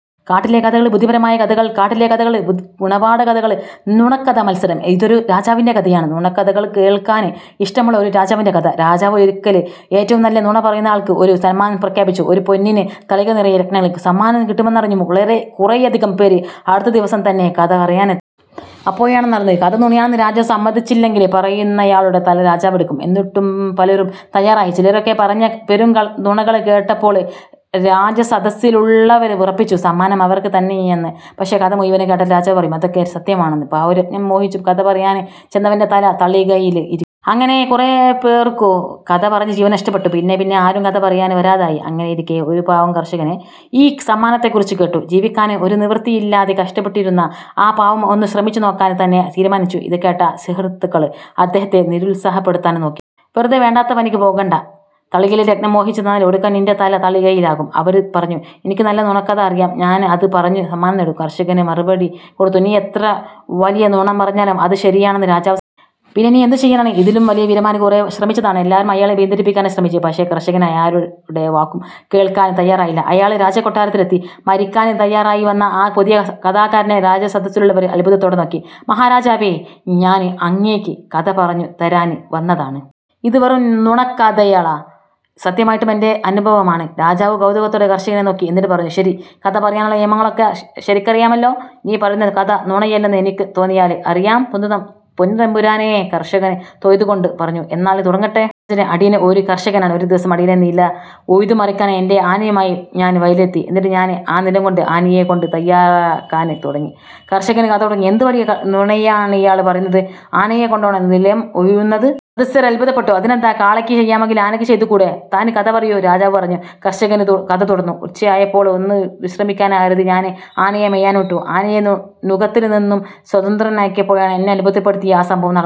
കാട്ടിലെ കഥകള് ബുദ്ധിപരമായ കഥകൾ കാട്ടിലെ കഥകള് ഗുണപാഠ കഥകള് നുണക്കഥമത്സരം ഇതൊരു രാജാവിന്റെ കഥയാണ്, നുണക്കഥകള് കേള്ക്കാന് ഇഷ്ടമുള്ള ഒരു രാജാവിന്റെ കഥ. രാജാവ് ഒരിക്കല് ഏറ്റവും നല്ല നുണ പറയുന്നയാള്ക്ക് ഒരു സമ്മാനം പ്രഖ്യാപിച്ചു ഒരു പൊന്നിന് തളിക നിറയെ രത്നങ്ങള്. സമ്മാനം കിട്ടുമെന്നറിഞ്ഞു കുറെയധികം പേര് അടുത്ത ദിവസം തന്നെ കഥ പറയാനെത്തി. അപ്പോഴാണറിയുന്നത്, കഥ നുണയാണെന്ന് രാജാവ് സമ്മതിച്ചില്ലെങ്കില് പറയുന്നയാളുടെ തല രാജാവെടുക്കും. എന്നിട്ടും പലരും തയ്യാറായി. ചിലരൊക്കെ പറഞ്ഞ പെരുംനുണകള് കേട്ടപ്പോള് രാജസദസ്സിലുള്ളവര് ഉറപ്പിച്ചു, സമ്മാനം അവര്ക്ക് തന്നെയെന്ന്. പക്ഷേ, കഥ മുഴുവന് കേട്ടാല് രാജാവ് പറയും, അതൊക്കെ സത്യമാണെന്ന്. പാവം രത്നം മോഹിച്ചു കഥ പറയാന് ചെന്നവന്റെ തല തളികയില് ഇരിക്കും. അങ്ങിനെ കുറേയേറെപ്പേര്ക്കു കഥ പറഞ്ഞ് ജീവന് നഷ്ടപ്പെട്ടു. പിന്നെ പിന്നെ ആരും കഥ പറയാന് വരാതായി. അങ്ങിനെയിരിക്കെ ഒരു പാവം കര്ഷകന് ഈ സമ്മാനത്തെക്കുറിച്ച് കേട്ടു. ജീവിക്കാന് ഒരു നിവൃത്തിയില്ലാതെ കഷ്ട്പ്പെട്ടിരുന്ന ആ പാവം ഒന്നു ശ്രമിച്ചു നോക്കാന് തന്നെ തീരുമാനിച്ചു. ഇത് കേട്ട സുഹൃത്തുക്കള് അദ്ദേഹത്തെ നിരുത്സാഹപ്പെടുത്താന് നോക്കി. "വെറുതെ വേണ്ടാത്ത പനിക്ക് പോകേണ്ട. തളികയിലെ രത്നം മോഹിച്ചു ചെന്നാല് ഒടുക്കം നിന്റെ തല തളികയിലാകും" അവര് പറഞ്ഞു. "എനിക്കു നല്ല നുണക്കഥ അറിയാം. ഞാന് അത് പറഞ്ഞു സമ്മാനം നേടും" കര്ഷകന് മറുപടി കൊടുത്തു. "നീ എത്ര വലിയ നുണ പറഞ്ഞാലും അത് ശരിയാണെന്ന് രാജാവ് സമ്മ്തിക്കും. പിന്നെ നീ എന്തു ചെയ്യാന്? ഇതിലും വലിയ വീരന്മാര് കുറെ ശ്രമിച്ചതാണ്". എല്ലാവരും അയാളെ പിന്തിരിപ്പിക്കാന് ശ്രമിച്ചു. പക്ഷേ, കര്ഷകന് ആരുടെ വാക്കും കേള്ക്കാന് തയ്യാറായില്ല. അയാള് രാജകൊട്ടാരത്തിലെത്തി. മരിക്കാന് തയ്യാറായി വന്ന ആ പുതിയ കഥാകാരനെ രാജസദസ്സിലുള്ളവര് അത്ഭുതത്തോടെ നോക്കി. "മഹാരാജാവേ.. ഞാന് അങ്ങേക്ക് കഥ പറഞ്ഞു തരാന് വന്നതാണ്. ഇതും വെറും നുണക്കഥയാള. സത്യമായിട്ടും എന്റെ അനുഭവമാണ്. " രാജാവ് കൌതുകത്തോടെ കര്ഷകനെ നോക്കി. എന്നിട്ട് പറഞ്ഞു: "ശരി. കഥ പറയാനുള്ള നിയമങ്ങളൊക്കെ ശരിക്കറിയാമല്ലോ. നീ പറയുന്ന കഥ നുണയല്ലെന്ന് എനിക്കു തോന്നിയാല്... " "അറിയാം, പൊന്നുതമ്പുരാനെ... " കര്ഷകന് തൊഴുതു കൊണ്ട് പറഞ്ഞു. "എന്നാല് തുടങ്ങട്ടെ! " "മഹാരാജന്, അടിയന് ഒരു കര്ഷകനാണ്. ഒരു ദിവസം അടിയന്റെ നില ഉഴുതു മറിക്കാനായി എന്റെ ആനയുമായി ഞാന് വയലിലെത്തി. എന്നിട്ട് ഞാന് ആ നിലം മുഴുവന് ആനയെകൊണ്ട് തയ്യാറാക്കാന് തുടങ്ങി. " കര്ഷകന് കഥ തുടങ്ങി. "എന്തു വലിയ നുണയാണിയാള് പറയുന്നത്? ആനയെക്കൊണ്ടാണോ നിലം ഉഴുന്നത്?: സദസ്യര് അത്ഭുതപ്പെട്ടു. "അതിനെന്താ. കാളയ്ക്ക് ചെയ്യാമെങ്കില് ആനയ്ക്ക് ചെയ്തു കൂടെ? താന് കഥ പറയൂ. " രാജാവ് പറഞ്ഞു. കര്ഷകന് കഥ തുടര്ന്നു: "ഉച്ചയായപ്പോള് ഒന്നു വിശ്രമിക്കാമെന്ന് കരുതി ഞാന് ആനയെ മേയാന് വിട്ടു. ആനയെ നുകത്തില് നിന്നും സ്വതന്ത്രനാക്കിയപ്പോഴാണ് എന്നെ അത്ഭുതപ്പെടുത്തിയ ആ സംഭവം നടന്നത്.